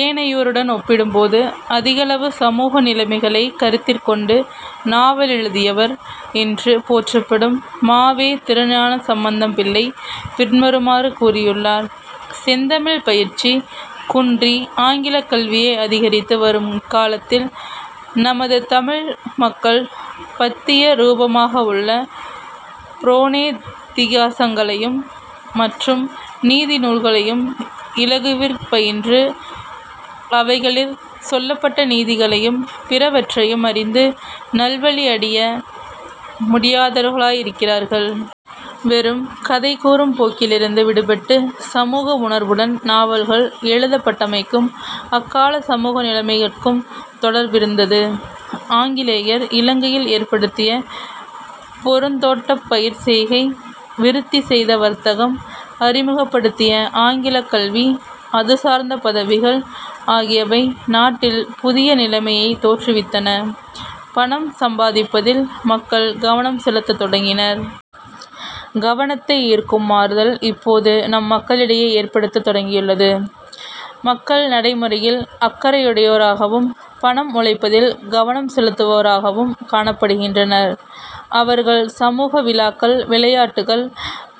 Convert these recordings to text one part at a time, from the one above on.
ஏனையோருடன் ஒப்பிடும்போது அதிகளவு சமூக நிலைமைகளைக் கருத்திற் கொண்டு நாவலெழுதியவர் என்று போற்றப்படும் ம. வே. திருஞானசம்பந்தபிள்ளை பின்வருமாறு கூறியுள்ளார். "செந்தமிழ்ப் பயிற்சி குன்றி ஆங்கிலக் கல்வியே அதிகரித்து வரும் இக் காலத்தில் நமது தமிழ் மக்கள் பத்திய ரூபமாகவுள்ள புராணேதிகாசங்களையும் மற்றும் நீதி நூல்களையும் இலகுவிற் பயின்று அவைகளிற் சொல்லப்பட்ட நீதிகளையும் பிறவற்றையும் அறிந்து நல்வழியடைய முடியாதவர்களாயிருக்கிறார்கள். வெறும் கதை கூறும் போக்கிலிருந்து விடுபட்டு சமூக உணர்வுடன் நாவல்கள் எழுதப்பட்டமைக்கும் அக்காலச் சமூக நிலைமைகட்கும் தொடர்பிருந்தது. ஆங்கிலேயர் இலங்கையில் ஏற்படுத்திய பொருந்தோட்டப் பயிர்ச் செய்கை, விருத்தி செய்த வர்த்தகம், அறிமுகப்படுத்திய ஆங்கிலக் கல்வி, அதுசார்ந்த பதவிகள் ஆகியவை நாட்டில் புதிய நிலைமையைத் தோற்றுவித்தன. பணம் சம்பாதிப்பதில் மக்கள் கவனம் செலுத்தத் தொடங்கினர். "கவனத்தை ஈர்க்கும் மாறுதல் இப்போது நம் மக்களிடை ஏற்படத் தொடங்கியுள்ளது. மக்கள் நடை முறையில் அக்கறையுடையோராகவும் பணம் உழைப்பதில் கவனம் செலுத்துவோராகவும் காணப்படுகின்றனர். அவர்கள் சமூக விழாக்கள், விளையாட்டுகள்,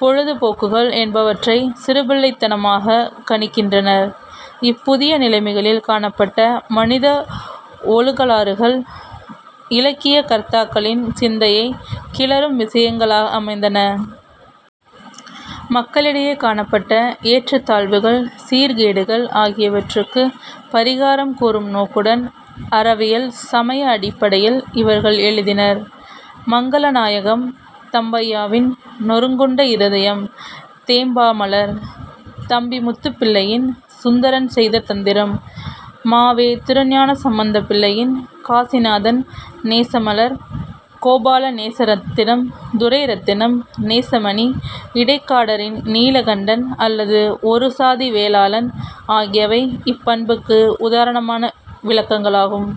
பொழுது போக்குகள் என்பவற்றைச் சிறுபிள்ளைத்தனமாகக் கணிக்கின்றனர். " இப் புதிய நிலைமைகளில் காணப்பட்ட மனித ஒழுக்கலாறுகள் இலக்கிய கர்த்தாக்களின் சிந்தையைக் கிளறும் விஷயங்களாயமைந்தன. மக்களிடையே காணப்பட்ட ஏற்றத் தாழ்வுகள், சீர்கேடுகள் ஆகியவற்றுக்கு பாிகாரம் கூறும் நோக்குடன் அறவியல் சமய அடிப்படையில் இவர்கள் எழுதினர். மங்களநாயகம் தம்பையாவின் நொறுங்குண்ட இருதயம் தேம்பாமலர் தம்பிமுத்துப்பிள்ளையின் சுந்தரன் செய்த தந்திரம் ம. வே. திருஞானசம்பந்த பிள்ளையின் காசிநாதன் நேசமலர் கோபாலநேசரத்தினம் துரைரத்தினம் நேசமணி இடைக்காடாின் நீலகண்டன் அல்லது ஒரு சாதி வேளாளன் ஆகியவை இப் பண்புக்கு உதாரண விளக்கங்களாகும்.